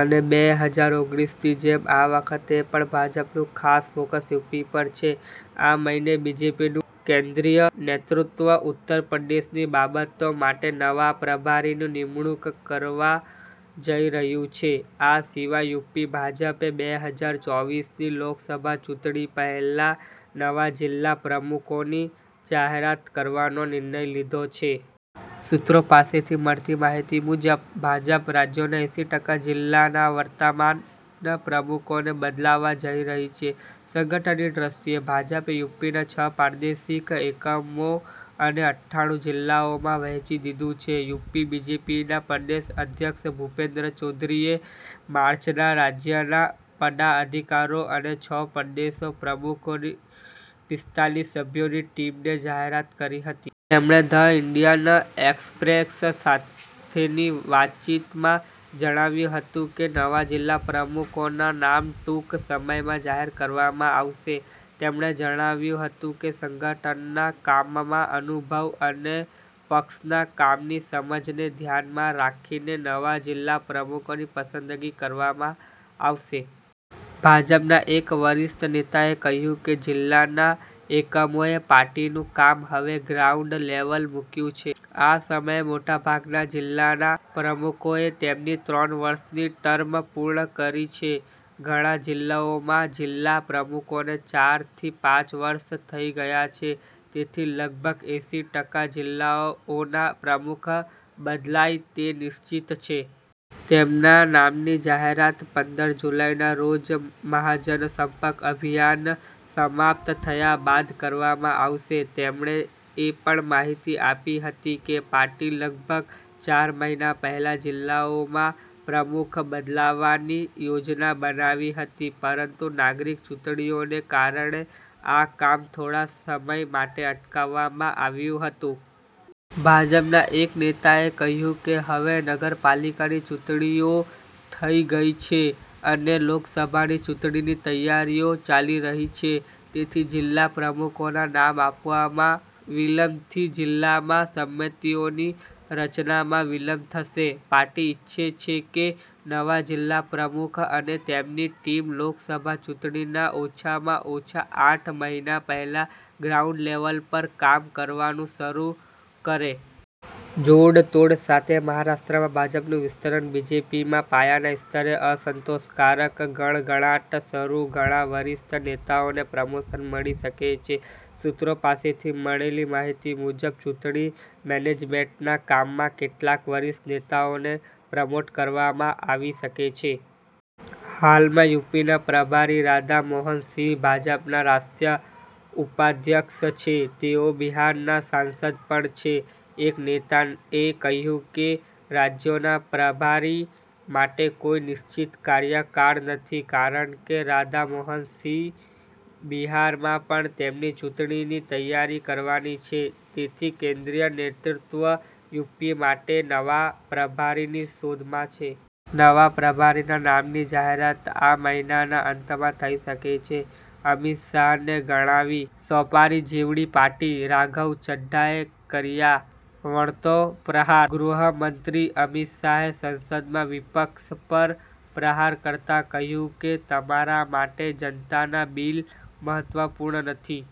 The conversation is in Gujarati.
અને બે હજાર ઓગણીસની જેમ આ વખતે પણ ભાજપનું ખાસ ફોકસ યુપી પર છે. આ મહિને બીજેપીનું કેન્દ્રીય નેતૃત્વ ઉત્તર પ્રદેશની બાબતો માટે નવા પ્રભારીની નિમણૂક કરવા જઈ રહ્યું છે. આ સિવાય યુપી ભાજપે બે હજાર ચોવીસની લોકસભા ચૂંટણી પહેલા નવા જિલ્લા પ્રમુખોની જાહેરાત કરવાનો નિર્ણય લીધો છે. સૂત્રો પાસેથી મળતી માહિતી મુજબ, ભાજપ રાજ્યના એંસી ટકા જિલ્લાના વર્તમાન પ્રમુખોને બદલવા જઈ રહી છે. સંગઠનની દૃષ્ટિએ ભાજપે યુપીને છ પ્રાદેશિક એકમો અને અઠ્ઠાણું જિલ્લાઓમાં વહેંચી દીધું છે. યુપી બીજેપીના પ્રદેશ અધ્યક્ષ ભૂપેન્દ્ર ચૌધરીએ માર્ચમાં રાજ્યના પદાધિકારીઓ અને છ પ્રદેશ પ્રમુખોની પિસ્તાલીસ સભ્યોની ટીમની જાહેરાત કરી હતી. તેમણે ધ ઈન્ડિયન એક્સપ્રેસ સાથેની વાતચીતમાં જણાવ્યું હતું કે, નવા જિલ્લા પ્રમુખોના નામ ટૂંક સમયમાં જાહેર કરવામાં આવશે. તેમણે જણાવ્યું હતું કે, સંગઠનના કામમાં અનુભવ અને પક્ષના કામની સમજને ધ્યાનમાં રાખીને નવા જિલ્લા પ્રમુખોની પસંદગી કરવામાં આવશે. ભાજપના એક વરિષ્ઠ નેતાએ કહ્યું કે, જિલ્લાના એકમોએ પાર્ટીનું કામ હવે ગ્રાઉન્ડ લેવલે મૂક્યું છે. આ સમયે મોટાભાગના જિલ્લાના પ્રમુખોએ તેમની ત્રણ વર્ષની ટર્મ પૂર્ણ કરી છે. ઘણા જિલ્લાઓમાં જિલ્લા પ્રમુખોને ચાર થી પાંચ વર્ષ થઈ ગયા છે, તેથી લગભગ એંસી ટકા જિલ્લાઓના પ્રમુખો બદલાય તે નિશ્ચિત છે. તેમના નામની જાહેરાત પંદર જુલાઈના રોજ 'મહાજન સંપર્ક અભિયાન' સમાપ્ત થયા બાદ કરવામાં આવશે. તેમણે એ પણ માહિતી આપી હતી કે, પાર્ટીએ લગભગ ચાર મહિના પહેલા જિલ્લાઓમાં પ્રમુખો બદલવાની યોજના બનાવી હતી, પરંતુ નાગરિક ચૂંટણીઓને કારણે, આ કામ થોડા સમય માટે અટકાવવામાં આવ્યું હતું. ભાજપના એક નેતાએ કહ્યું કે, હવે નગરપાલિકાની ચૂંટણીઓ થઈ ગઈ છે અને લોકસભાની ચૂંટણીની તૈયારીઓ ચાલી રહી છે, તેથી જિલ્લા પ્રમુખોના નામ આપવામાં વિલંબથી જિલ્લામાં સમિતિઓની રચનામાં વિલંબ થશે. પાર્ટી ઈચ્છે છે કે, નવા જિલ્લા પ્રમુખ અને તેમની ટીમ લોકસભા ચૂંટણીના ઓછામાં ઓછા આઠ મહિના પહેલા ગ્રાઉન્ડ લેવલ પર કામ કરવાનું શરૂ કરે. 'જોડ-તોડ' સાથે મહારાષ્ટ્રમાં ભાજપનું વિસ્તરણ, બીજેપીમાં પાયાના સ્તરે અસંતોષનો ગણગણાટ શરૂ, ઘણા વરિષ્ઠ નેતાઓને પ્રમોશન મળી શકે છે. સૂત્રો પાસેથી મળેલી માહિતી મુજબ, ચૂંટણી મેનેજમેન્ટના કામમાં કેટલાક વરિષ્ઠ નેતાઓને પ્રમોટ કરવામાં આવી શકે છે. હાલમાં યુપીના પ્રભારી રાધા મોહન સિંહ ભાજપના રાષ્ટ્રીય ઉપાધ્યક્ષ છે. તેઓ બિહારના સાંસદ પણ છે. એક નેતાએ કહ્યું કે, રાજ્યોના પ્રભારી માટે કોઈ નિશ્ચિત કાર્યકાળ નથી કારણ કે, રાધા મોહન સિંહે બિહારમાં પણ તેમની ચૂંટણીની તૈયારી કરવાની છે, તેથી કેન્દ્રીય નેતૃત્વ યુપી માટે નવા પ્રભારીની શોધમાં છે. નવા પ્રભારીના નામની જાહેરાત આ મહિનાના અંતમાં થઈ શકે છે. અમિત શાહે ને ગણાવી સોપારી જેવડી પાર્ટી, રાઘવ ચઠ્ઠાએ કર્યો વળતો પ્રહાર: ગૃહમંત્રી અમિત શાહે સદનમાં વિપક્ષ પર પ્રહાર કરતા કહ્યું કે તમારા માટે જનતાના બિલ મહત્વપૂર્ણ નથી.